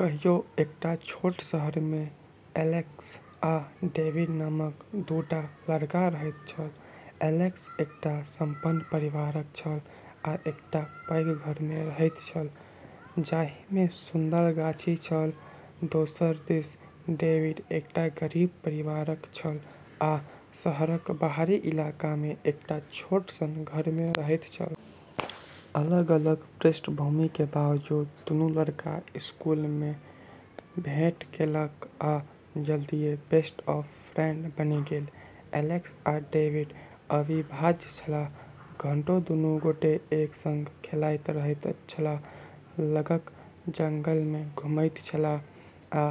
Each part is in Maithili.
कहियो एकटा छोट शहर मे एलेक्स आ डेविड नामक दू टा लड़का रहैत छल। एलेक्स एकटा सम्पन्न परिवारक छल आ एकटा पैघ घर मे रहैत छल जाहि मे सुन्दर गाछी छल। दोसर दिस डेविड एकटा गरीब परिवारक छल आ शहरक बाहरी इलाका मे एकटा छोट सन घर मे रहैत छल। अलग अलग पृष्ठभूमि के बावजूद दुनू लड़का स्कूल मे भेंट केलक आ जल्दीए बेस्ट ऑफ फ्रेंड बनि गेल। एलेक्स आ डेविड अविभाज्य छलाह। घंटों दुनू गोटे एक संग खेलाइत रहैत छलाह, लगक जंगल मे घुमैत छलाह आ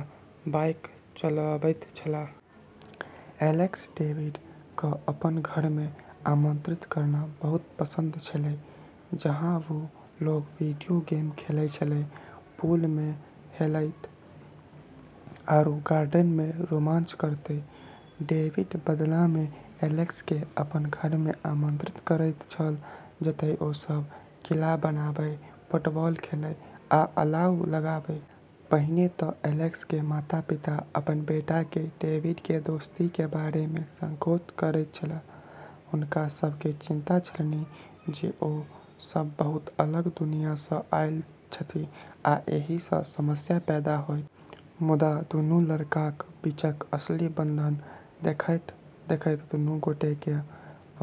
बाइक चलाबैत छलाह। एलेक्स डेविड कऽ अपन घर मे आमंत्रित करना बहुत पसंद छेलै, जहां वू लोग वीडियो गेम खेलै छेलै, पूल मऽ हेलतै, आरू गार्डन मऽ रोमांच करतै। डेविड बदला मे एलेक्स के अपन घर मे आमंत्रित करैत छल जतय ओ सब किला बनाबय, फुटबॉल खेलय आ अलाव लगाबय। पहिने त एलेक्स के माता पिता अपन बेटा के डेविड के दोस्ती के बारे मे संकोच करैत छलाह। हुनका सब के चिंता छलनि जे ओ सब बहुत अलग दुनिया स आयल छथि आ एहि स समस्या पैदा होयत। मुदा दुनू लड़काक बीचक असली बंधन देखैत देखैत दुनू गोटेकेँ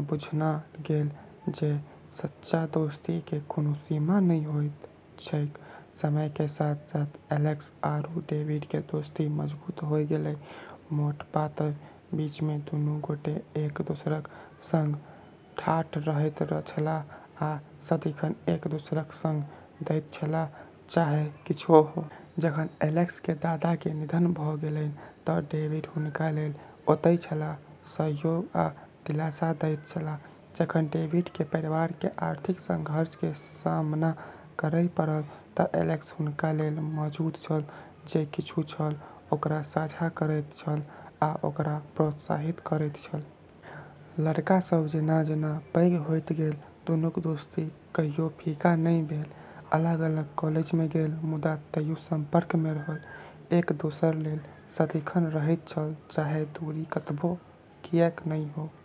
बुझना गेल जे सच्चा दोस्तीकेँ कोनो सीमा नहि होइत छैक। समय के साथ एलेक्स आरू डेविड के दोस्ती मजबूत होय गेलै। मोट पातर बीच मे दुनू गोटे एक दोसराक संग ठाढ़ रहैत छलाह आ सदिखन एक दोसराक संग दैत छलाह चाहे किछुओ हो। जखन एलेक्स के दादा के निधन भ गेलैन त डेविड हुनका लेल ओतय छलाह, सहयोग आ दिलासा दैत छलाह। जखन डेविड के परिवार के आर्थिक संघर्ष के सामना करय पड़ल त एलेक्स हुनका लेल मौजूद छल, जे किछु छल ओकरा साझा करैत छल आ ओकरा प्रोत्साहित करैत छल। लड़का सब जेना जेना पैघ होइत गेल, दुनूक दोस्ती कहियो फीका नहि भेल। अलग अलग कॉलेज मे गेल मुदा तइयो संपर्क मे रहल, एक दोसरा लेल सदिखन रहैत छल चाहे दूरी कतबो किएक नहि हो।